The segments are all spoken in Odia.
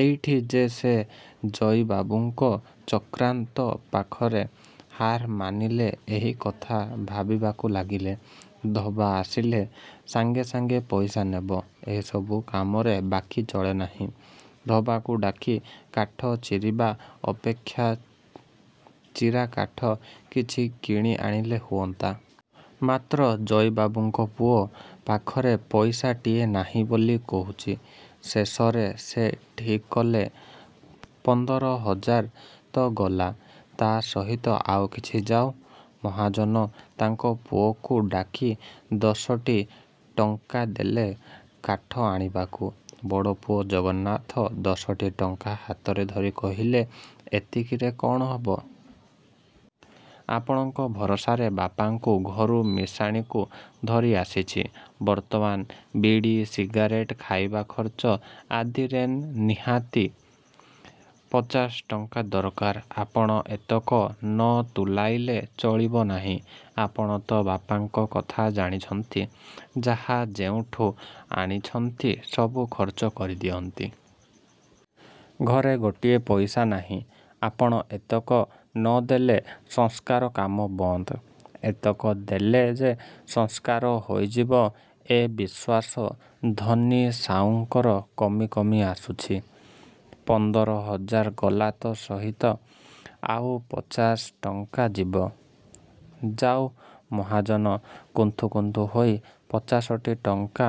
ଏଇଠି ଯେ ସେ ଜଇବାବୁଙ୍କ ଚକ୍ରାନ୍ତ ପାଖରେ ହାର ମାନିଲେ ଏହି କଥା ଭାବିବାକୁ ଲାଗିଲେ-। ଧୋବା ଆସିଲେ ସଙ୍ଗେ ସଙ୍ଗେ ପଇସା ନେବ। ଏ ସବୁ କାମରେ ବାକି ଚଳେନାହିଁ। ଧୋବାକୁ ଡାକି କାଠ ଚିରିବା ଅପେକ୍ଷା ଚିରା କାଠ କିଛି କିଣି ଆଣିଲେ ହୁଅନ୍ତା। ମାତ୍ର ଜଇବାବୁଙ୍କ ପୁଅ ପାଖରେ ପଇସାଟିଏ ନାହିଁ ବୋଲି କହୁଛି। ଶେଷରେ ସେ ଠିକ୍ କଲେ ପନ୍ଦର ହଜାର ତ ଗଲା-। ତା ସହିତ ଆଉ କିଛି ଯାଉ। ମହାଜନ ତାଙ୍କ ପୁଅକୁ ଡାକି ଦଶଟି ଟଙ୍କା ଦେଲେ କାଠ ଆଣିବାକୁ-। ବଡ଼ପୁଅ ଜଗନ୍ନାଥ ଦଶଟି ଟଙ୍କା ହାତରେ ଧରି କହିଲେ, ଏତିକିରେ କଣ ହେବ? ଆପଣଙ୍କ ଭରସାରେ ବାପାଙ୍କୁ ଘରୁ ମଶାଣିକୁ ଧରି ଆସିଛି। ବର୍ତ୍ତମାନ ବିଡ଼ି, ସିଗାରେଟ୍, ଖାଇବା ଖର୍ଚ୍ଚ ଆଦିରେନ ନିହାତ୍ ପଚାଶଟଙ୍କା ଦରକାର। ଆପଣ ଏତକ ନ ତୁଲାଇଲେ ଚଳିବ ନାହିଁ। ଆପଣ ତ ବାପାଙ୍କ କଥା ଜାଣିଛନ୍ତି, ଯାହା ଯେଉଁଠୁ ଆଣିଛନ୍ତି ସବୁ ଖର୍ଚ୍ଚ କରି ଦିଅନ୍ତି। ଘରେ ଗୋଟିଏ ପଇସା ନାହିଁ। ଆପଣ ଏତକ ନ ଦେଲେ ସଂସ୍କାର କାମ ବନ୍ଦ। ଏତକ ଦେଲେ ଯେ ସଂସ୍କାର ହୋଇଯିବ ଏ ବିଶ୍ୱାସ ଧନୀ ସାଉଙ୍କର କମି କମି ଆସୁଛି-। ପନ୍ଦର ହଜାର ଗଲା ତା ସହିତ ଆଉ ପଚାଶ ଟଙ୍କା ଯିବ। ଯାଉ-ମହାଜନ, କୁନ୍ଥୁ କୁନ୍ଥୁ ହୋଇ ପଚାଶଟି ଟଙ୍କା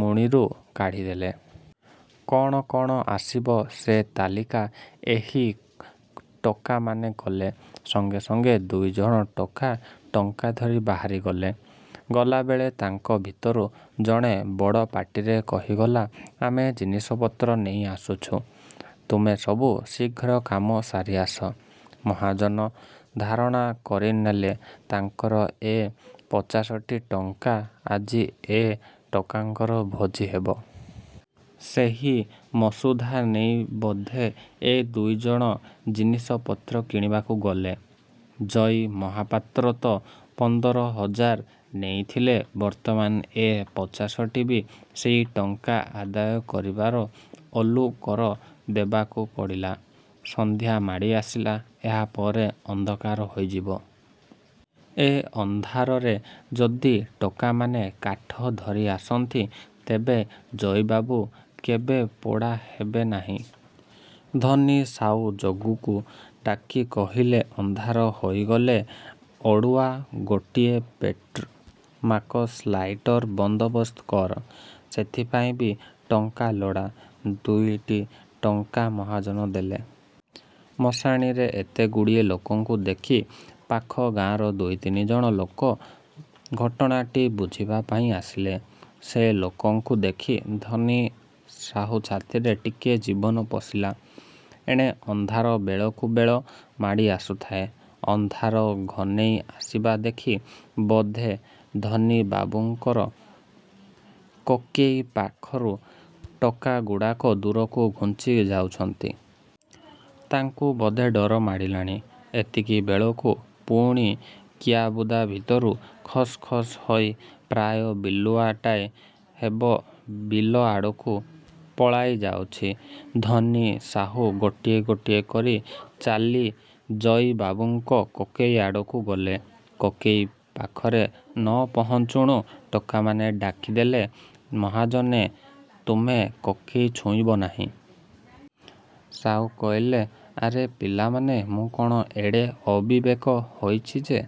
ମୁଣିରୁ କାଢ଼ିଦେଲେ। କଣ କଣ ଆସିବ ସେ ତାଲିକା ସେହି ଟୋକାମାନେ କଲେ-। ସଙ୍ଗେ ସଙ୍ଗେ ଦୁଇଜଣ ଟୋକା ଟଙ୍କାଧରି। ବାହାରିଗଲେ। ଗଲାବେଳେ ତାଙ୍କ ଭିତରୁ ଜଣେ ବଡ଼ପାଟିରେ କହିଗଲା ଆମେ ଜିନିଷପତ୍ର ନେଇ ଆସୁଛୁ, ତୁମେ ସବୁ ଶୀଘ୍ର କାମ ସାରି ଆସ। ମହାଜନ ଧାରଣା କରିନେଲେ ତାଙ୍କର ଏ ପଚାଶଟି ଟଙ୍କା ଆଜି ଏ ଟୋକାଙ୍କର ଭୋଜି ହେବ। ସେହି ମସୁଧା ନେଇ ବୋଧେ ଏ ଦୁଇଜଣ ଜିନିଷପତ୍ର କିଣିବାକୁ ଗଲେ। ଜଇ ମହାପାତ୍ର ତ ପନ୍ଦର ହଜାର ନେଇଥିଲେ ବର୍ତ୍ତମାନ ଏ ପଚାଶଟି ବି ସେହି ଟଙ୍କା ଆଦାୟ କରିବାର ଓଲୁ କର ଦେବାକୁ ପଡ଼ିଲା। ସଂଧ୍ୟା ମାଡ଼ି ଆସିଲା। ଏହା ପରେ ଅନ୍ଧାର ହୋଇଯିବ। ଏ ଅନ୍ଧାରରେ ଯଦି ଟୋକାମାନେ କାଠ ଧରି ଆସନ୍ତି ତେବେ ଜଇବାବୁ କେବେ ପୋଡ଼ା ହେବେ ନାହିଁ। ଧନୀ ସାଉ ଜଗୁକୁ ଡାକି କହିଲେ ଅନ୍ଧାର ହୋଇଗଲେ ଅଡ଼ୁଆ, ଗୋଟିଏ ପେଟ୍ରୋମାକସ ଲାଇଟର ବନ୍ଦୋବସ୍ତ କର। ସେଥିପାଇଁ ବି ଟଙ୍କା ଲୋଡ଼ା। ଦୁଇଟି ଟଙ୍କା ମହାଜନ ଦେଲେ। ମଶାଣିରେ ଏତେଗୁଡ଼ିଏ ଲୋକଙ୍କୁ ଦେଖି ପାଖ ଗାଁର ଦୁଇ ତିନିଜଣ ଲୋକ ଘଟଣାଟି ବୁଝିବା ପାଇଁ ଆସିଲେ-। ସେ ଲୋକଙ୍କୁ ଦେଖି ଧନୀ ସାଉ ଛାତିରେ ଟିକିଏ ଜୀବନ ପଶିଲା। ଏଣେ ଅନ୍ଧାର ବେଳକୁ ବେଳ ମାଡ଼ି ଆସୁଥାଏ। ଅନ୍ଧାର ଘନେଇ ଆସିବା ଦେଖି ବୋଧେ ଧନି ବାବୁଙ୍କ କୋକେଇ ପାଖରୁ ଟୋକାଗୁଡ଼ାକ ଦୂରକୁ ଘୁଞ୍ଚି ଯାଉଛନ୍ତି। ତାଙ୍କୁ ବୋଧେ ଡର ମାଡ଼ିଲାଣି। ଏତିକି ବେଳକୁ ପୁଣି କିଆବୁଦା ଭିତରୁ ଖସ୍ ଖସ୍ ହୋଇ ପ୍ରାୟ ବିଲୁଆଟାଏ ହେବ ବିଲ ଆଡ଼କୁ ପଳାଇ ଯାଉଛି। ଧନି ସାଉ ଗୋଟିଏ ଗୋଟିଏ କରି ଚାଲି ଜଇ ବାବୁଙ୍କ କୋକେଇ ଆଡ଼କୁ ଗଲେ। କୋକେଇ ପାଖରେ ନ ପହଞ୍ଚୁଣୁ ଟୋକାମାନେ ଡାକଦେଲେ, ମହାଜନେ ତୁମେ କୋକେଇ ଛୁଇଁବ ନାହିଁ। ସାଉ କହିଲେ, ଆରେ ପିଲାମାନେ ମୁଁ କଣ ଏଡ଼େ ଅବିବେକ ହୋଇଛି ଯେ